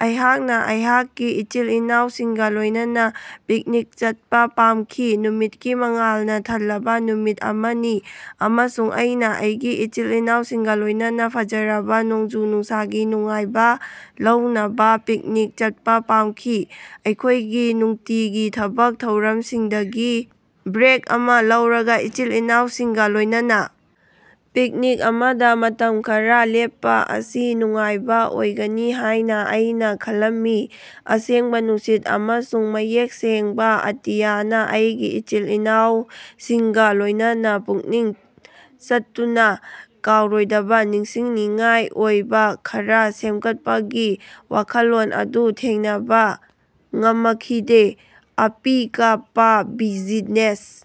ꯑꯩꯍꯥꯛꯅ ꯑꯩꯍꯥꯛꯀꯤ ꯏꯆꯤꯜ-ꯏꯅꯥꯎꯁꯤꯡꯒ ꯂꯣꯏꯅꯅ ꯄꯤꯛꯅꯤꯛ ꯆꯠꯄ ꯄꯥꯝꯈꯤ꯫ ꯅꯨꯃꯤꯠꯀꯤ ꯃꯉꯥꯜꯅ ꯊꯜꯂꯕ ꯅꯨꯃꯤꯠ ꯑꯃꯅꯤ ꯑꯃꯁꯨꯡ ꯑꯩꯅ ꯑꯩꯒꯤ ꯏꯆꯤꯜ-ꯏꯅꯥꯑꯎꯁꯤꯡꯒ ꯂꯣꯏꯅꯅ ꯐꯖꯔꯕ ꯅꯣꯡꯖꯨ-ꯅꯨꯡꯁꯥꯒꯤ ꯅꯨꯡꯉꯥꯏꯕ ꯂꯧꯅꯕ ꯄꯤꯛꯅꯤꯛ ꯆꯠꯄ ꯄꯥꯝꯈꯤ꯫ ꯑꯩꯈꯣꯏꯒꯤ ꯅꯨꯡꯇꯤꯒꯤ ꯊꯕꯛ ꯊꯧꯔꯝꯁꯤꯡꯗꯒꯤ ꯕ꯭ꯔꯦꯛ ꯑꯃ ꯂꯧꯔꯒ ꯏꯆꯤꯜ-ꯏꯅꯥꯑꯎꯁꯤꯡꯒ ꯂꯣꯏꯅꯅ ꯄꯤꯛꯅꯤꯛ ꯑꯃꯗ ꯃꯇꯝ ꯈꯔ ꯂꯦꯞꯄ ꯑꯁꯤ ꯅꯨꯡꯉꯥꯏꯕ ꯑꯣꯏꯒꯅꯤ ꯍꯥꯏꯅ ꯑꯩꯅ ꯈꯜꯂꯝꯃꯤ꯫ ꯑꯁꯦꯡꯕ ꯅꯨꯡꯁꯤꯠ ꯑꯃꯁꯨꯡ ꯃꯌꯦꯛ ꯁꯦꯡꯕ ꯑꯇꯤꯌꯥꯅ ꯑꯩꯒꯤ ꯏꯆꯤꯜ-ꯏꯅꯥꯑꯎꯁꯤꯡꯒ ꯂꯣꯏꯅꯅ ꯄꯨꯛꯅꯤꯛ ꯆꯠꯇꯨꯅ ꯀꯥꯎꯔꯣꯏꯗꯕ ꯅꯤꯡꯁꯤꯡꯅꯤꯡꯉꯥꯏ ꯑꯣꯏꯕ ꯈꯔ ꯁꯦꯝꯒꯠꯄꯒꯤ ꯋꯥꯈꯜꯂꯣꯟ ꯑꯗꯨ ꯊꯦꯡꯅꯕ ꯉꯃꯈꯤꯗꯦ꯫ ꯑꯄꯤꯀꯄ ꯕꯤꯖꯤꯅꯦꯁ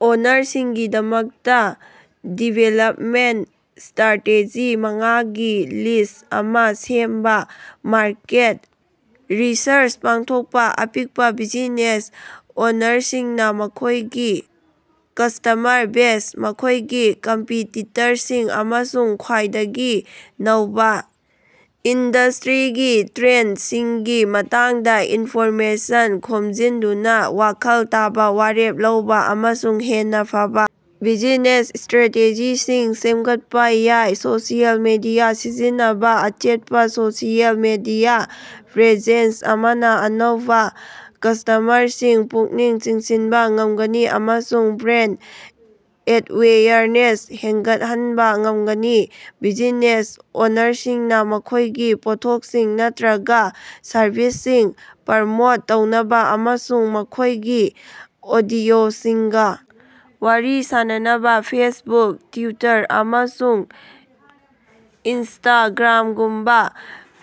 ꯑꯣꯅꯔꯁꯤꯡꯒꯤꯗꯃꯛꯇ ꯗꯤꯚꯦꯂꯞꯃꯦꯟꯇ ꯁ꯭ꯇꯔꯥꯇꯦꯖꯤ ꯃꯉꯥꯒꯤ ꯂꯤꯁꯠ ꯑꯃ ꯁꯦꯝꯕ- ꯃꯥꯔꯀꯦꯠ ꯔꯤꯁꯔꯆ ꯄꯥꯡꯊꯣꯛꯄ: ꯑꯄꯤꯛꯄ ꯕꯤꯖꯤꯅꯦꯁ ꯑꯣꯅꯔꯁꯤꯡꯅ ꯃꯈꯣꯒꯤ ꯀꯁꯇꯃꯔ ꯕꯦꯖ, ꯃꯈꯣꯏꯒꯤ ꯀꯝꯄꯤꯇꯤꯇꯔꯁꯤꯡ, ꯑꯃꯁꯨꯡ ꯈ꯭ꯋꯥꯏꯗꯒꯤ ꯅꯧꯕ ꯏꯟꯗꯁꯇ꯭ꯔꯤꯒꯤ ꯇ꯭ꯔꯦꯟꯗꯁꯤꯡꯒꯤ ꯃꯇꯥꯡꯗ ꯏꯟꯐꯣꯔꯃꯦꯁꯟ ꯈꯣꯝꯖꯤꯟꯗꯨꯅ ꯋꯥꯈꯜ ꯇꯥꯕ ꯋꯥꯔꯦꯞ ꯂꯧꯕ ꯑꯃꯁꯨꯡ ꯍꯦꯟꯅ ꯐꯕ ꯕꯤꯖꯤꯅꯦꯁ ꯁꯇ꯭ꯔꯦꯇꯦꯖꯤꯁꯤꯡ ꯁꯦꯝꯒꯠꯄ ꯌꯥꯏ꯫ ꯁꯣꯁꯤꯌꯦꯜ ꯃꯤꯗꯤꯌꯥ ꯁꯤꯖꯤꯟꯅꯕ: ꯑꯆꯦꯠꯄ ꯁꯣꯁꯤꯑꯦꯜ ꯃꯤꯗꯤꯌꯥ ꯄ꯭ꯔꯦꯖꯦꯟꯁ ꯑꯃꯅ ꯑꯅꯧꯕ ꯀꯁꯇꯃꯔꯁꯤꯡ ꯄꯨꯛꯅꯤꯡ ꯆꯤꯡꯁꯤꯟꯕ ꯉꯝꯒꯅꯤ ꯑꯃꯁꯨꯡ ꯕ꯭ꯔꯦꯟꯗ ꯑꯦꯋꯦꯌꯔꯅꯦꯁ ꯍꯦꯟꯒꯠꯍꯟꯕ ꯉꯝꯒꯅꯤ꯫ ꯕꯤꯖꯤꯅꯦꯁ ꯑꯣꯅꯔꯁꯤꯡꯅ ꯃꯈꯣꯏꯒꯤ ꯄꯣꯠꯊꯣꯛꯁꯤꯡ ꯅꯠꯇ꯭ꯔꯒ ꯁꯔꯚꯤꯁꯁꯤꯡ ꯄ꯭ꯔꯃꯣꯠ ꯇꯧꯅꯕ ꯑꯃꯁꯨꯡ ꯃꯈꯣꯏꯒꯤ ꯑꯣꯗꯤꯑꯣꯁꯤꯡꯒ ꯋꯥꯔꯤ ꯁꯥꯅꯅꯕ ꯐꯦꯁꯕꯨꯛ, ꯇ꯭ꯋꯤꯇꯔ, ꯑꯃꯁꯨꯡ ꯏꯟꯁꯇꯒ꯭ꯔꯥꯝꯒꯨꯝꯕ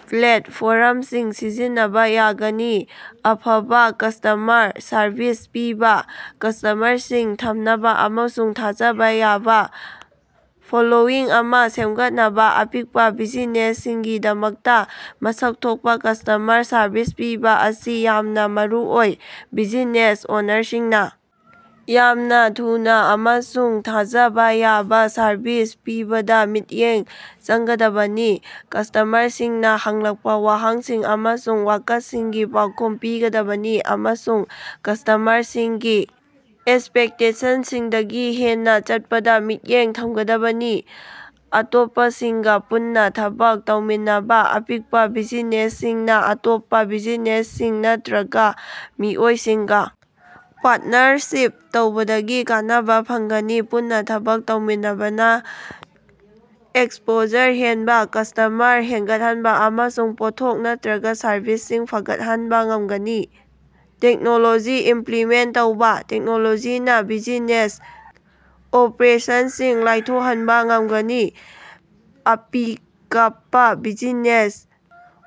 ꯄ꯭ꯂꯦꯠꯐꯣꯔꯝꯁꯤꯡ ꯁꯤꯖꯤꯟꯅꯕ ꯌꯥꯒꯅꯤ꯫ ꯑꯐꯕ ꯀꯁꯇꯃꯔ ꯁꯔꯚꯤꯁ ꯄꯤꯕ: ꯀꯁꯇꯃꯔꯁꯤꯡ ꯊꯝꯅꯕ ꯑꯃꯁꯨꯡ ꯊꯥꯖꯕ ꯌꯥꯕ ꯐꯣꯂꯣꯋꯤꯡ ꯑꯃ ꯁꯦꯝꯒꯠꯅꯕ ꯑꯄꯤꯛꯄ ꯕꯤꯖꯤꯅꯦꯁꯁꯤꯡꯒꯤꯗꯃꯛꯇ ꯃꯁꯛ ꯊꯣꯛꯄ ꯀꯁꯇꯃꯔ ꯁꯔꯚꯤꯁ ꯄꯤꯕ ꯑꯁꯤ ꯌꯥꯝꯅ ꯃꯔꯨꯑꯣꯏ꯫ ꯕꯤꯖꯤꯅꯦꯁ ꯑꯣꯅꯔꯁꯤꯡꯅ ꯌꯥꯝꯅ ꯊꯨꯅ ꯑꯃꯁꯨꯡ ꯊꯥꯖꯕ ꯌꯥꯕ ꯁꯔꯚꯤꯁ ꯄꯤꯕꯗ ꯃꯤꯠꯌꯦꯡ ꯆꯪꯒꯗꯕꯅꯤ꯫ ꯀꯁꯇꯃꯔꯁꯤꯡꯅ ꯍꯪꯂꯛꯄ ꯋꯥꯍꯪꯁꯤꯡ ꯑꯃꯁꯨꯡ ꯋꯥꯀꯠꯁꯤꯡꯒꯤ ꯄꯥꯎꯈꯨꯝ ꯄꯤꯒꯗꯕꯅꯤ ꯑꯃꯁꯨꯡ ꯀꯁꯇꯃꯔꯁꯤꯡꯒꯤ ꯑꯦꯛꯁꯄꯦꯛꯇꯦꯁꯟꯁꯤꯡꯗꯒꯤ ꯍꯦꯟꯅ ꯆꯠꯄꯗ ꯃꯤꯠꯌꯦꯡ ꯊꯝꯒꯗꯕꯅꯤ꯫ ꯑꯇꯣꯞꯄꯁꯤꯡꯒ ꯄꯨꯟꯅ ꯊꯕꯛ ꯇꯧꯃꯤꯟꯅꯕ: ꯑꯄꯤꯛꯄ ꯕꯤꯖꯤꯅꯦꯁꯁꯤꯡꯅ ꯑꯇꯣꯞꯄ ꯕꯤꯖꯤꯅꯦꯁꯁꯤꯡ ꯅꯠꯇ꯭ꯔꯒ ꯃꯤꯑꯣꯏꯁꯤꯡꯒ ꯄꯥꯔꯠꯅꯔꯁꯤꯞ ꯇꯧꯕꯗꯒꯤ ꯀꯥꯟꯅꯕ ꯐꯪꯒꯅꯤ꯫ ꯄꯨꯟꯅ ꯊꯕꯛ ꯇꯧꯃꯤꯟꯅꯕꯅ ꯑꯦꯛꯁꯄꯣꯖꯔ ꯍꯦꯟꯕ, ꯀꯁ꯭ꯇꯃꯔ ꯍꯦꯟꯒꯠꯍꯟꯕ, ꯑꯃꯁꯨꯡ ꯄꯣꯠꯊꯣꯛ ꯅꯠꯇ꯭ꯔꯒ ꯁꯔꯚꯤꯁꯁꯤꯡ ꯐꯒꯠꯍꯟꯕ ꯉꯝꯒꯅꯤ꯫ ꯇꯦꯛꯅꯣꯂꯣꯖꯤ ꯏꯝꯄ꯭ꯂꯤꯃꯦꯟꯇ ꯇꯧꯕ: ꯇꯦꯛꯅꯣꯂꯣꯖꯤꯅ ꯕꯤꯖꯤꯅꯦꯁ ꯑꯣꯄꯔꯦꯁꯟꯁꯤꯡ ꯂꯥꯏꯊꯣꯛꯍꯟꯕ ꯉꯝꯒꯅꯤ꯫ ꯑꯄꯤꯀꯄ ꯕꯤꯖꯤꯅꯦꯁ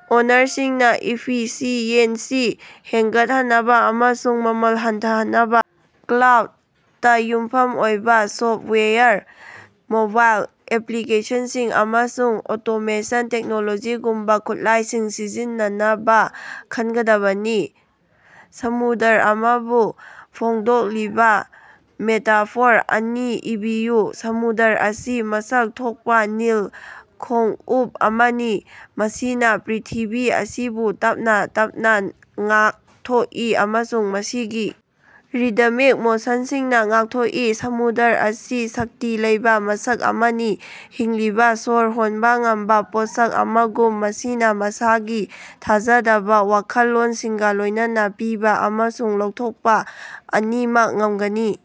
ꯑꯣꯅꯔꯁꯤꯡꯅ ꯏꯐꯤꯁꯤꯑꯦꯟꯁꯤ ꯍꯦꯟꯒꯠꯍꯟꯅꯕ ꯑꯃꯁꯨꯡ ꯃꯃꯜ ꯍꯟꯊꯍꯟꯅꯕ ꯀ꯭ꯂꯥꯎꯗꯇ ꯌꯨꯝꯐꯝ ꯑꯣꯏꯕ ꯁꯣꯐꯠꯋꯦꯌꯔ, ꯃꯣꯕꯥꯏꯜ ꯑꯦꯄ꯭ꯂꯤꯀꯦꯁꯟꯁꯤꯡ, ꯑꯃꯁꯨꯡ ꯑꯣꯇꯣꯃꯦꯁꯟ ꯇꯦꯛꯅꯣꯂꯣꯖꯤꯒꯨꯝꯕ ꯈꯨꯠꯂꯥꯏꯁꯤꯡ ꯁꯤꯖꯤꯟꯅꯅꯕ ꯈꯟꯒꯗꯕꯅꯤ꯫ ꯁꯃꯨꯗ꯭ꯔ ꯑꯃꯕꯨ ꯐꯣꯡꯗꯣꯛꯂꯤꯕ ꯃꯦꯇꯥꯐꯣꯔ ꯑꯅꯤ ꯏꯕꯤꯌꯨ꯫ ꯁꯃꯨꯗ꯭ꯔ ꯑꯁꯤ ꯃꯁꯛ ꯊꯣꯛꯄ ꯅꯤꯜ ꯈꯣꯡꯎꯞ ꯑꯃꯅꯤ, ꯃꯁꯤꯅ ꯄ꯭ꯔꯤꯊꯤꯕꯤ ꯑꯁꯤꯕꯨ ꯇꯞꯅ ꯇꯞꯅ ꯉꯥꯛꯊꯣꯛꯏ ꯑꯃꯁꯨꯡ ꯃꯁꯤꯒꯤ ꯔꯤꯗꯃꯤꯛ ꯃꯣꯁꯟꯁꯤꯡꯅ ꯉꯥꯛꯊꯣꯛꯏ꯫ ꯁꯃꯨꯗ꯭ꯔ ꯑꯁꯤ ꯁꯛꯇꯤ ꯂꯩꯕ ꯃꯁꯛ ꯑꯃꯅꯤ꯫ ꯍꯤꯡꯂꯤꯕ, ꯁꯣꯔ ꯍꯣꯟꯕ ꯉꯝꯕ ꯄꯣꯠꯁꯛ ꯑꯃꯒꯨꯝ, ꯃꯁꯤꯅ ꯃꯁꯥꯒꯤ ꯊꯥꯖꯗꯕ ꯋꯥꯈꯜꯂꯣꯟꯁꯤꯡꯒ ꯂꯣꯏꯅꯅ ꯄꯤꯕ ꯑꯃꯁꯨꯡ ꯂꯧꯊꯣꯛꯄ ꯑꯅꯤꯃꯛ ꯉꯝꯒꯅꯤ꯫